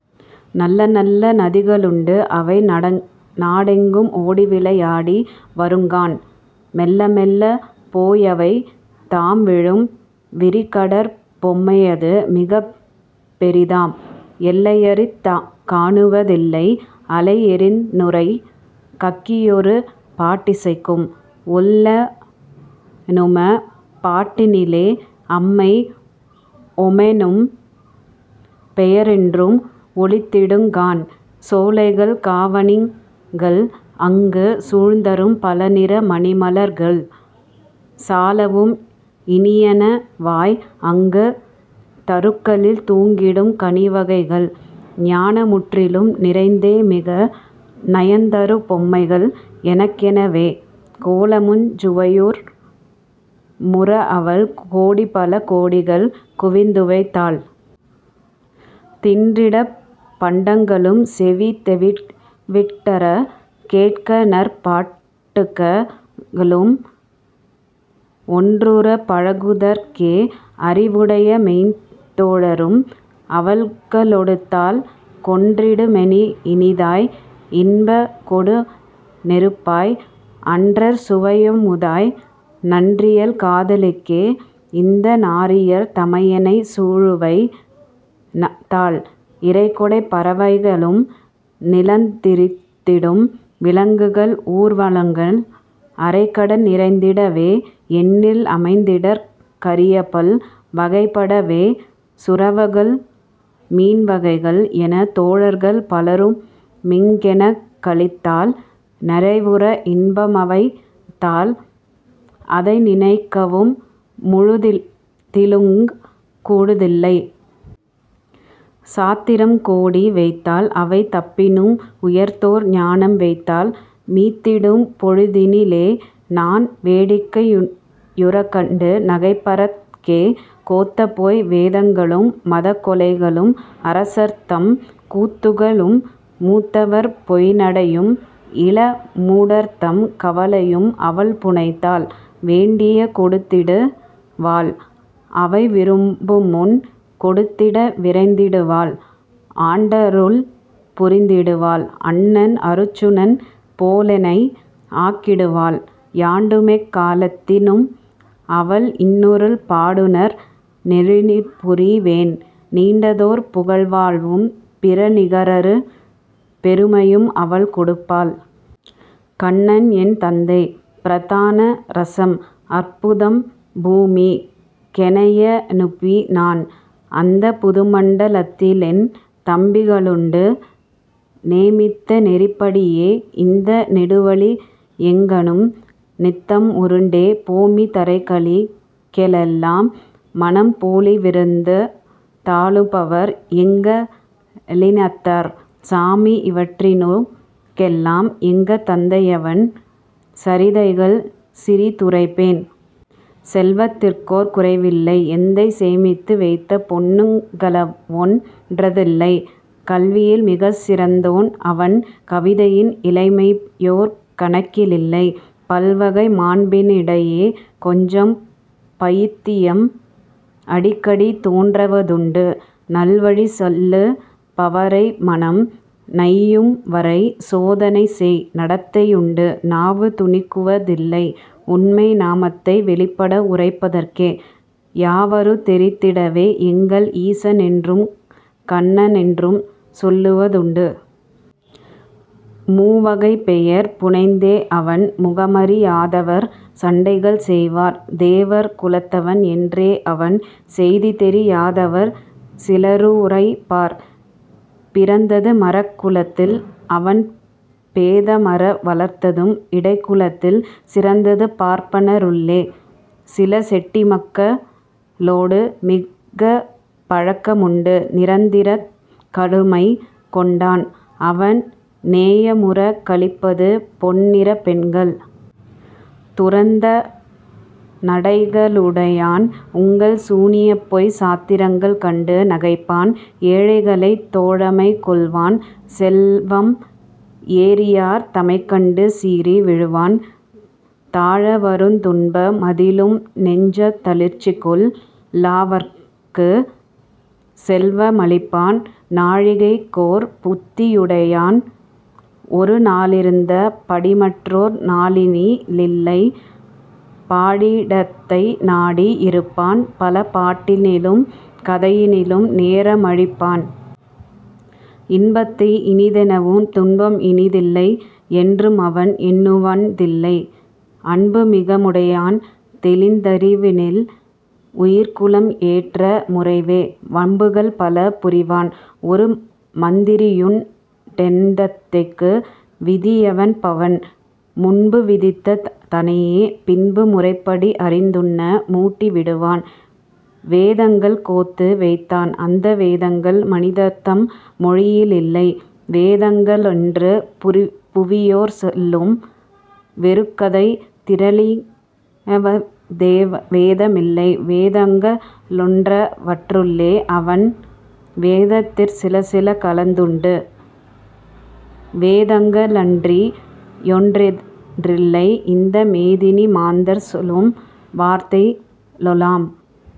நல்லநல்ல நதிகளுண்டு அவை நாடெங்கும் ஓடிவிளை யாடி வருங்காண்; மெல்ல மெல்லப் போயவை தாம் விழும் விரிகடற் பொம்மையது மிகப் பெரிதாம்; எல்லையதிற் காணுவ தில்லை; அலை எற்றிநுரை கக்கியொரு பாட்டிசைக்கும்; ஒல்லெனுமப் பாட்டினிலே அம்மை ஓமெனும் பெயரென்றும் ஒலித்திடுங் காண். சோலைகள் காவினங் கள் அங்கு சூழ்தரும் பலநிற மணிமலர் கள் சாலவும் இனியன வாய் அங்கு தருக்களில் தூங்கிடும் கனிவகை கள் ஞாலமுற்றிலும் நிறைந் தே மிக நயந்தரு பொம்மைகள் எனக்கென வே; கோலமுஞ் சுவையு முற அவள் கோடிபல கோடிகள் குவித்துவைத் தாள். தின்றிடப் பண்டங்களும் செவி தெவிட்டறக் கேட்கநற் பாட்டுக்க ளும், ஒன்றுறப் பழகுதற் கே அறி வுடையமெய்த் தோழரும் அவள்கொடுத் தாள்; கொன்றிடு மெனஇனி தாய் இன்பக் கொடுநெருப் பாய் அனற் சுவையமு தாய், நன்றியல் காதலுக் கே இந்த நாரியர் தமையெனைச் சூழவைத் தாள். இறகுடைப் பறவைக ளும் நிலந் திரிந்திடும் விலங்குகள் ஊர்வனங்கள் அறைகடல் நிறைந்திட வே எண்ணில் அமைத்திடற் கரியபல் வகைப்பட வே சுறவுகள் மீன்வகை கள் எனத் தோழர்கள் பலருமிங் கெனக்களித் தாள்; நிறைவுற இன்பம்வைத் தாள்; அதை நினைக்கவும் முழுதிலுங் கூடுதில்லை. சாத்திரம் கோடி வைத்தாள்; அவை தம்மினும் உயர்ந்தோர் ஞானம் வைத்தாள்; மீத்திடும் பொழுதினி லே நான் வேடிக்கை யுறக்கண்டு நகைப்பதற் கே கோத்தபொய் வேதங்களும் மதக் கொலைகளும் அரசர்தம் கூத்துக்க ளும் மூத்தவர் பொய்ந்நடை யும் இள மூடர்தம் கவலையும் அவள்புனைந் தாள்; வேண்டிய கொடுத்திடு வாள்; அவை விரும்புமுன் கொடுத்திட விரைந்திடு வாள்; ஆண்டருள் புரிந்திடு வாள்; அண்ணன் அருச்சுனன் போலெனை ஆக்கிடு வாள்; யாண்டுமெக் காலத்தி னும் அவள் இன்னருள் பாடுநற் றெழில்புரி வேன்; நீண்டதொர் புகழ்வாழ் வும் பிற நிகரறு பெருமையும் அவள் கொடுப்பாள்.. கண்ணன் என் தந்தை ப்ரதான ரஸம் அற்புதம் பூமிக் கெனைய னுப்பி னான்; அந்தப் புதுமண்ட லத்திலென் தம்பிக ளுண்டு; நேமித்த நெறிப்படி யே இந்த நெடுவெளி யெங்கணும் நித்தம் உருண்டே போமித் தரைகளி லெல்லாம் மனம் போலவிருந் தாளுபவர் எங்க ளினத்தார், சாமி இவற்றினுக் கெல்லாம் எங்க தந்தையவன் சரிதைகள் சிறி துரைப்பேன். செல்வத்திற்கோர் குறையில்லை; எந்தை சேமித்து வைத்த பொன்னுக் களவொன் றில்லை; கல்வியில் மிகச் சிறந்தோன் அவன் கவிதையின் இனிமையொர் கணக்கி லில்லை; பல்வகை மாண்பி னிடையே கொஞ்சம் பயித்தியம் அடிக்கடி தோன்றுவ துண்டு; நல்வழி செல்லு பவரை மனம் நையும்வரை சோதனைசெய் நடத்தை யுண்டு. நாவு துணிகுவ தில்லை உண்மை நாமத்தை வெளிப்பட உரைப்பதற்கே; யாவருந் தெரிந்திடவே எங்கள் ஈசனென்றும் கண்ணனென்றும் சொல்லுவதுண்டு. மூவகைப் பெயர் புனைந்தே அவன் முகமறி யாதவர் சண்டைகள் செய்வார்; தேவர் குலத்தவன் என்றே அவன் செய்திதெரி யாதவர் சிலருரைப்பார்.. பிறந்தது மறக் குலத்தில்; அவன் பேதமற வளர்ந்ததும் இடைக்குலத்தில்; சிறந்தது பார்ப்பன ருள்ளே; சில செட்டிமக்க ளோடுமிகப் பழக்க முண்டு; நிறந்தனிற் கருமை கொண்டான்; அவன் நேயமுறக் களிப்பது பொன்னிறப் பெண்கள்! துறந்த நடைக ளுடையான்; உங்கள் சூனியப்பொய்ச் சாத்திரங்கள் கண்டு நகைப்பான். ஏழைகளைத் தோழமை கொள்வான்; செல்வம் ஏறியார் தமைக்கண்டு சீறி விழுவான்; தாழவருந் துன்ப மதிலும் நெஞ்சத் தளர்ச்சிகொள் ளாதவார்க்குச் செல்வ மளிப்பான்; நாழிகைக்கொர் புத்தி யுடையான்; ஒரு நாளிருந்த படிமற்றொர் நாளினி லில்லை. பாழிடத்தை நாடி யிருப்பான்; பல பாட்டினிலும் கதையிலும் நேரமழிப் பான். இன்பத்தை இனிதெனவும் துன்பம் இனிதில்லை யென்றுமவன் எண்ணுவ தில்லை; அன்பு மிகவு முடையான்; தெளிந் தறிவினில் உயிர்க்குலம் ஏற்ற முறவே, வன்புகள் பல புரிவான்; ஒரு மந்திரியுண் டெந்தைக்கு விதியென்பவன்; முன்பு விதித்த தனையே பின்பு முறைப்படி அறிந்துண்ண மூட்டி விடுவான். வேதங்கள் கோத்து வைத்தான் அந்த வேதங்கள் மனிதர்தம் மொழியி லில்லை; வேதங்க ளென்று புவியோர் சொல்லும் வெறுங்கதைத் திரளிலவ் வேதமில்லை; வேதங்க ளென்றவற் றுள்ளே அவன் வேதத்திற் சிலசில கலந்ததுண்டு; வேதங்க ளன்றி யொன்றில்லை இந்த மேதினி மாந்தர் சொலும் வார்த்தைக ளெல்லாம்.